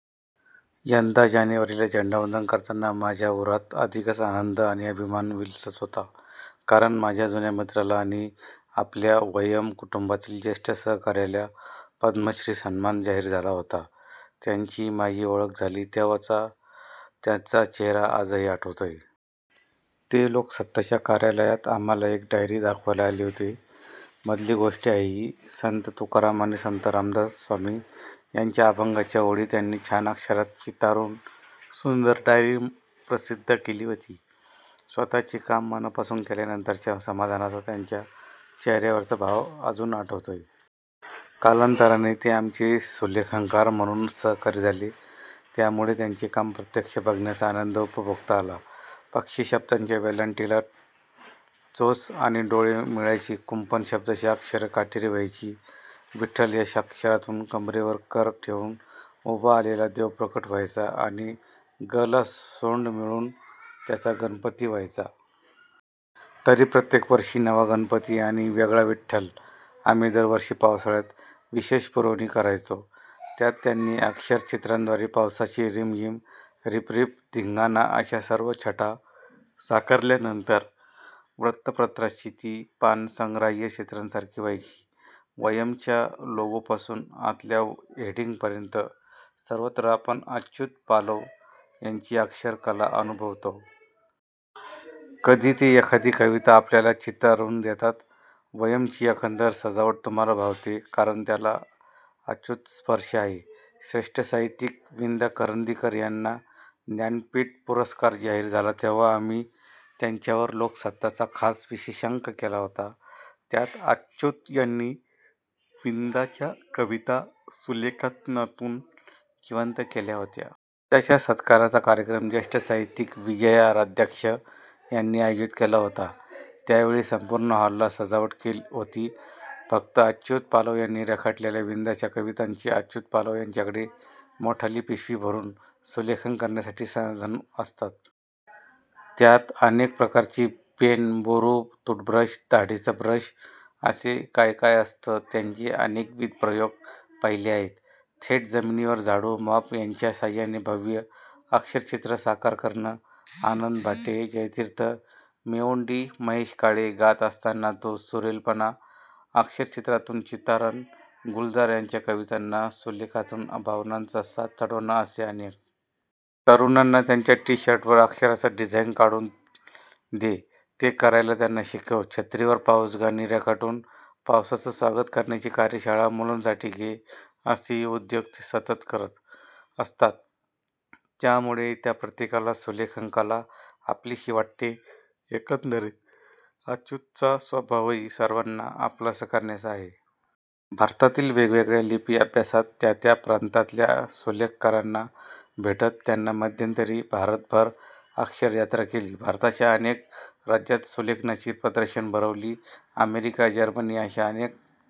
यंदा जानेवारीला झेंडावंदन करताना माझ्या उरात अधिकच आनंद आणि अभिमान विलसत होता. कारण माझ्या जुन्या मित्राला आणि आपल्या 'वयम्' कुटुंबातील ज्येष्ठ सहकाऱ्याला पद्मश्री सन्मान जाहीर झाला होता. त्यांची माझी ओळख झाली तेव्हाचा त्यांचा चेहरा आजही आठवतोय. ते 'लोकसत्ता'च्या कार्यालयात आम्हांला एक डायरी दाखवायला आले होते. मधली गोष्ट आहे ही. संत तुकाराम आणि संत रामदास स्वामी यांच्या अभंगांच्या ओळी त्यांनी छान अक्षरात चितारून सुंदर डायरी प्रसिद्ध केली होती. स्वत:चे काम मनापासून केल्यानंतरच्या समाधानाचा त्यांच्या चेहऱ्यावरचा भाव अजून आठवतोय. कालांतराने ते आमचे सुलेखनकार म्हणून सहकारी झाले. त्यामुळे त्यांचे काम प्रत्यक्ष बघण्याचा आनंद उपभोगता आला. 'पक्षी' शब्दाच्या वेलांटीला चोच आणि डोळे मिळायचे. 'कुंपण' शब्दाची अक्षरं काटेरी व्हायची. 'विठ्ठल' या अक्षरांतून कमरेवर कर ठेवून उभा आलेला देव प्रकट व्हायचा आणि 'ग'ला सोंड मिळून त्याचा गणपती व्हायचा. तरी प्रत्येक वर्षी नवा गणपती आणि वेगळा विठ्ठल! आम्ही दरवर्षी पावसाळ्यात विशेष पुरवणी करायचो. त्यात त्यांनी अक्षर-चित्रांद्वारे पावसाची रिमझिम, रिपरिप, धिंगाणा अशा सर्व छटा साकारल्यानंतर वृत्तपत्राची ती पानं संग्राह्य चित्रांसारखी व्हायची. 'वयम्'च्या लोगोपासून आतल्या हेडिंगपर्यंत सर्वत्र आपण अच्युत पालव यांची अक्षर-कला अनुभवतो. कधी ते एखादी कविता आपल्याला चितारून देतात. 'वयम्'ची एकंदर सजावट तुम्हांला भावते, कारण त्याला अच्युत-स्पर्श आहे! श्रेष्ठ साहित्यिक विंदा करंदीकर यांना ज्ञानपीठ पुरस्कार जाहीर झाला तेव्हा आम्ही त्यांच्यावर 'लोकसत्ता'चा खास विशेषांक केला होता, त्यात अच्युत यांनी विंदांच्या कविता सुलेखनातून जिवंत केल्या होत्या. विंदांच्या सत्काराचा कार्यक्रम ज्येष्ठ साहित्यिक विजया राजाध्यक्ष यांनी आयोजित केला होता. त्यावेळी संपूर्ण हॉलला सजावट होती फक्त अच्युत पालव यांनी रेखाटलेल्या विंदांच्या कवितांची! अच्युत पालव यांच्याकडे मोठाली पिशवी भरून सुलेखन करण्यासाठी साधनं असतात. त्यात अनेक प्रकारची पेनं, बोरू, टूथब्रश, दाढीचा ब्रश असं काय काय असतं! त्यांचे अनेकविध प्रयोग पाहिले आहेत. थेट जमिनीवर झाडू, मॉप यांच्या साह्याने भव्य अक्षरचित्र साकार करणं; आनंद भाटे, जयतीर्थ मेवुंडी, महेश काळे गात असताना तो सुरेलपणा अक्षरचित्रांतून चितारणं; गुलजार यांच्या कवितांना सुलेखनांतून भावनांचा साज चढवणं असे अनेक! तरुणांना त्यांच्या टीशर्टवर अक्षरांचं डिझाइन काढून दे, ते करायला त्यांना शिकव, छत्रीवर पाऊसगाणी रेखाटून पावसाचं स्वागत करण्याची कार्यशाळा मुलांसाठी घे- असेही उद्योग ते सतत करत असतात. त्यामुळे त्या प्रत्येकाला सुलेखन-कला आपलीशी वाटते. एकंदरीत अच्युतचा स्वभावही सर्वांना आपलंसं करण्याचा आहे. भारतातील वेगवेगळ्या लिपी अभ्यासत, त्या त्या प्रांतातल्या सुलेखनकारांना भेटत त्यांनी मध्यंतरी भारतभर अक्षर-यात्रा केली. भारताच्या अनेक राज्यांत सुलेखनाची प्रदर्शनं भरवली. अमेरिका, जर्मनी अशा अनेक